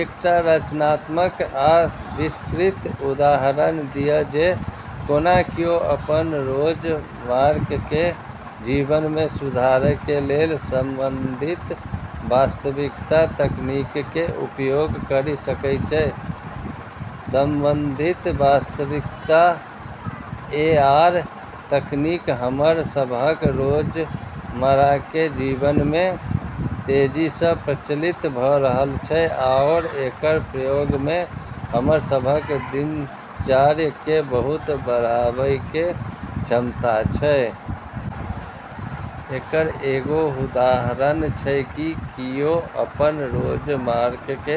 एकटा रचनात्मक आ विस्तृत उदाहरण दिअ जे कोना कियो अपन रोजमर्राके जीवनमे सुधारके लेल संवर्धित वास्तविकता तकनीकके उपयोग करि सकै छै। संवर्धित वास्तविकता (एआर) तकनीक हमर सबहक रोजमर्राके जीवनमे तेजीसँ प्रचलित भ' रहल छै आओर एकर प्रयोगमे हमर सबहक दिनचर्याके बहुत बढ़ाबैके क्षमता छै। एकर एगो उदाहरण छै कि किओ अपन रोजमर्राके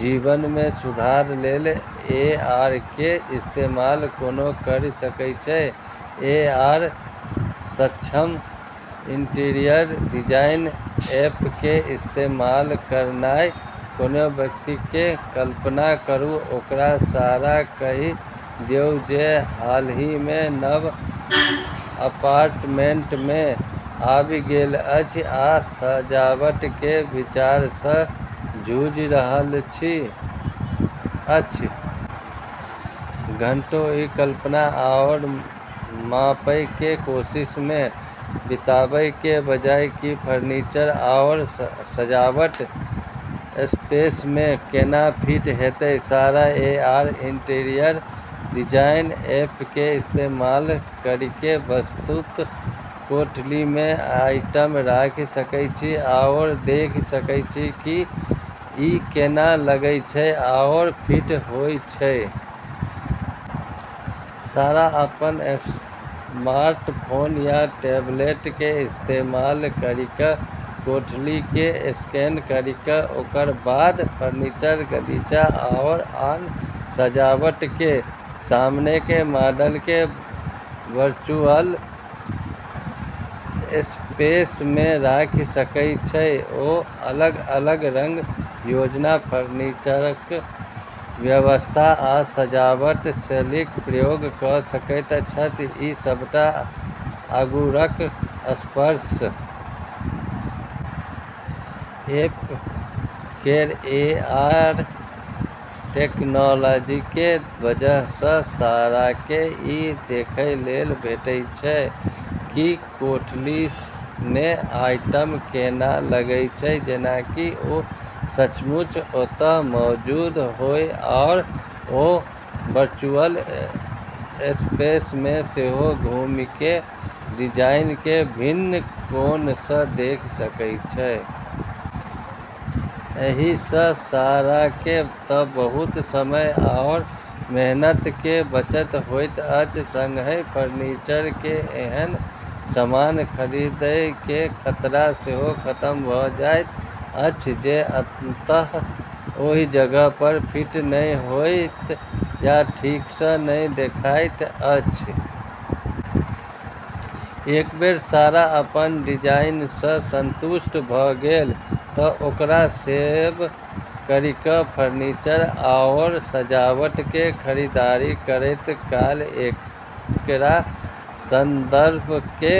जीवनमे सुधार लेल एआरके इस्तेमाल कोना करि सकै छै, एआर-सक्षम इंटीरियर डिजाइन ऐपके इस्तेमाल करनाइ । कोनो व्यक्तिके कल्पना करू, ओकरा सारा कहि दियौक, जे हालहिमे नव अपार्टमेंटमे आबि गेल अछि आ सजावटके विचारसँ जूझि रहल अछि। घंटों ई कल्पना आओर मापैके कोशिशमे बिताबैके बजाय कि फर्नीचर आओर सजावट स्पेसमे केना फिट हेतै, सारा एआर इंटीरियर डिजाइन ऐपके इस्तेमाल करिके वस्तुतः कोठलीमे आइटम राखि सकै छै आओर देखि सकै छै कि ई केना लगै छै आओर फिट होइ छै। सारा अपन स्मार्टफोन या टैबलेटके इस्तेमाल करिके कोठलीकेँ स्कैन करिके ओकरबाद फर्नीचर, गलीचा, आओर आन सजावटके सामानके मॉडलके वर्चुअल स्पेसमे राखि सकै छै। ओ अलग-अलग रंग योजना, फर्नीचरक व्यवस्था, आ सजावट शैलीक प्रयोग क' सकैत छथि, ई सबटा आँगुरक स्पर्शसँ। ऐप केर एआर टेक्नोलॉजीके वजहसँ साराके ई देखै लेल भेटै छै कि कोठलीमे आइटम केना लगै छै जेना कि ओ सचमुच ओतऽ मौजूद होइ, आओर ओ वर्चुअल स्पेसमे सेहो घुमिके डिजाइनके विभिन्न कोणसँ देखि सकै छै। एहिसँ साराके त' बहुत समय आओर मेहनतके बचत होइत अछि, संगहि फर्नीचरके एहन सामान खरीदैके खतरा सेहो खतम भ' जाइत अछि जे अंततः ओहि जगह पर फिट नहि होइत या ठीकसँ नहि देखाइत अछि। एक बेर सारा अपन डिजाइनसँ सन्तुष्ट भ' गेल त' ओकरा सेव करिके फर्नीचर आओर सजावटके खरीदारी करैत काल एकरा संदर्भके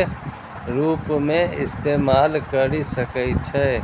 रूपमे इस्तेमाल करि सकै छै।